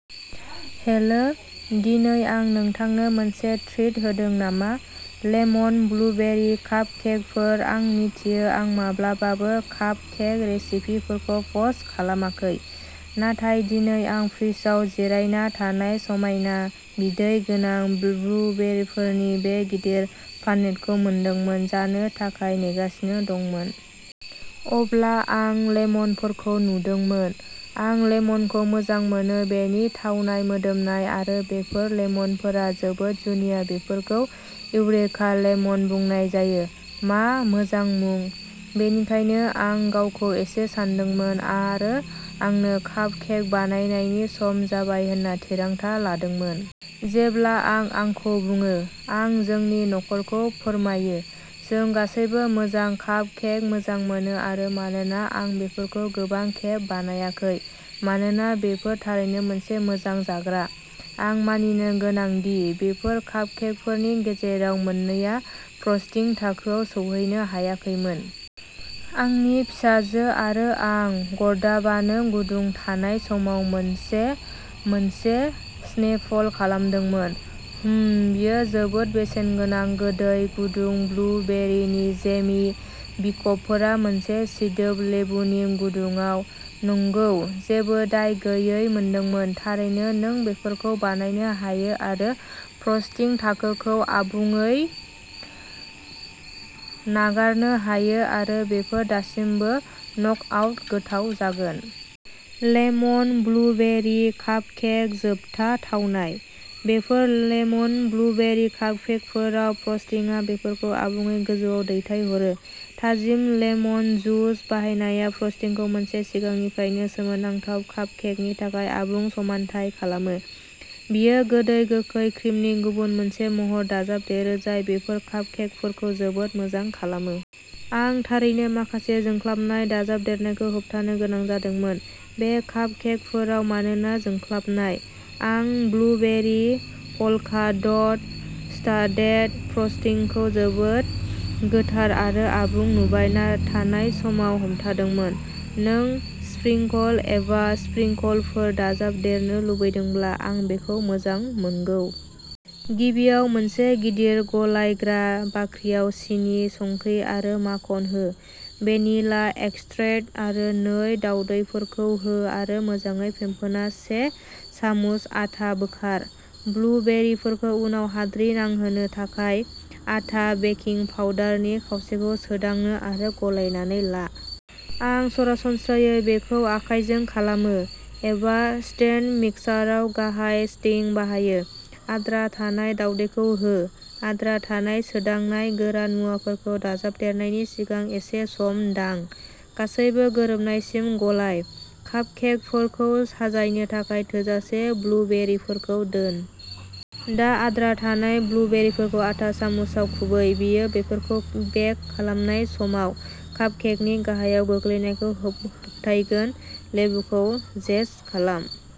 Hello, दिनै आं नोंथांनो मोनसे ट्रिट होदों नामा। लेमन ब्लुबेरि कापकेकफोर। आं मिथियो, आं माब्लाबाबो कापकेक रेसिपिफोरखौ पस्ट खालामाखै, नाथाय दिनै, आं फ्रिजआव जिरायना थानाय समायना, बिदै गोनां, ब्लुबेरिफोरनि बे गिदिर पाननेटखौ मोनदोंमोन, जानो थाखाय नेगासिनो दंमोन। अब्ला आं लेमनफोरखौ नुदोंमोन। आं लेमनखौ मोजां मोनो, बेनि थावनाय, मोदोमनाय आरो बेफोर लेमनफोरा जोबोद जुनिया बेफोरखौ इउरेका लेमन बुंनाय जायो। मा मोजां मुं। बेनिखायनो आं गावखौ एसे सानदोंमोन आरो आंनो कापकेक बानायनायनि सम जाबाय होनना थिरांथा लादोंमोन। जेब्ला आं आंखौ बुङो। आं जोंनि नखरखौ फोरमायो। जों गासैबो मोजां कापकेक मोजां मोनो आरो मानोना आं बेफोरखौ गोबां खेब बानायाखै मानोना बेफोर थारैनो मोनसे मोजां जाग्रा। आं मानिनो गोनां दि, बेफोर कापकेकफोरनि गेजेराव मोननैया फ्रस्टिं थाखोआव सौहैनो हायाखैमोन। आंनि फिसाजो आरो आं गरदाबानो गुदुं थानाय समाव मोनसे मोनसे स्नेफल खालामदोंमोन। हम्म। बेयो जोबोद बेसेनगोनां। गोदै, गुदुं ब्लुबेरिनि जेमि बिखबफोरा मोनसे सिदोब लेबुनि गुदुङाव, नंगौ जेबो दाय गैयै मोनदोंमोन। थारैनो नों बेफोरखौ बानायनो हायो आरो फ्रस्टिं थाखोखौ आबुङै नागारनो हायो आरो बेफोर दासिमबो नकआउट गोथाव जागोन! लेमन ब्लुबेरि कापकेक जोबथा थावनाय। बेफोर लेमन ब्लुबेरि कापकेकफोराव फ्रस्टिंआ बेफोरखौ आबुङै गोजौआव दैथायहरो। थाजिम लेमन जुस बाहायनाया फ्रस्टिंखौ मोनसे सिगांनिफ्रायनो सोमोनांथाव कापकेकनि थाखाय आबुं समानथाय खालामो। बेयो गोदै गोखै क्रिमनि गुबुन मोनसे महर दाजाबदेरो जाय बेफोर कापकेकफोरखौ जोबोद मोजां खालामो। आं थारैनो माखासे जोंख्लाबनाय दाजाबदेरनायखौ होबथानो गोनां जादोंमोन। बे कापकेकफोराव मानोना जोंख्लाबनाय? आं ब्लुबेरि, पल्का डट स्टाडेड फ्रस्टिंखौ जोबोद गोथार आरो आबुं नुबाय थानाय समाव हमथादोंमोन। नों स्प्रिंकल एबा स्प्रिंकलफोर दाजाबदेरनो लुबैदोंब्ला, आं बेखौ मोजां मोनगौ। गिबियाव मोनसे गिदिर गलायग्रा बाख्रियाव सिनि, संख्रि आरो माखन हो। भेनिला एक्सट्रैक्ट आरो नै दावदैफोरखौ हो आरो मोजाङै फेंफोना से सामुस आटा बोखार, ब्लुबेरिफोरखौ उनाव हाद्रि नांहोनो थाखाय। आटा बेकिं पाउडारनि खावसेखौ सोदांनो आरो गलायनानै ला। आं सरासनस्रायै बेखौ आखायजों खालामो, एबा स्टेन्ड मिक्साराव गाहाय सेटिं बाहायो। आद्रा थानाय दावदैखौ हो। आद्रा थानाय सोदांनाय, गोरान मुवाफोरखौ दाजाबदेरनायनि सिगां एसे सम दां। गासैबो गोरोबनायसिम गलाय। कापकेकफोरखौ साजायनो थाखाय थोजासे ब्लुबेरिफोरखौ दोन। दा आद्रा थानाय ब्लुबेरिफोरखौ आटा सामुसआव खुबै। बेयो बेफोरखौ बेक खालामनाय समाव कापकेकनि गाहायाव गोग्लैनायखौ होबथायगोन। लेबुखौ जेस्ट खालाम।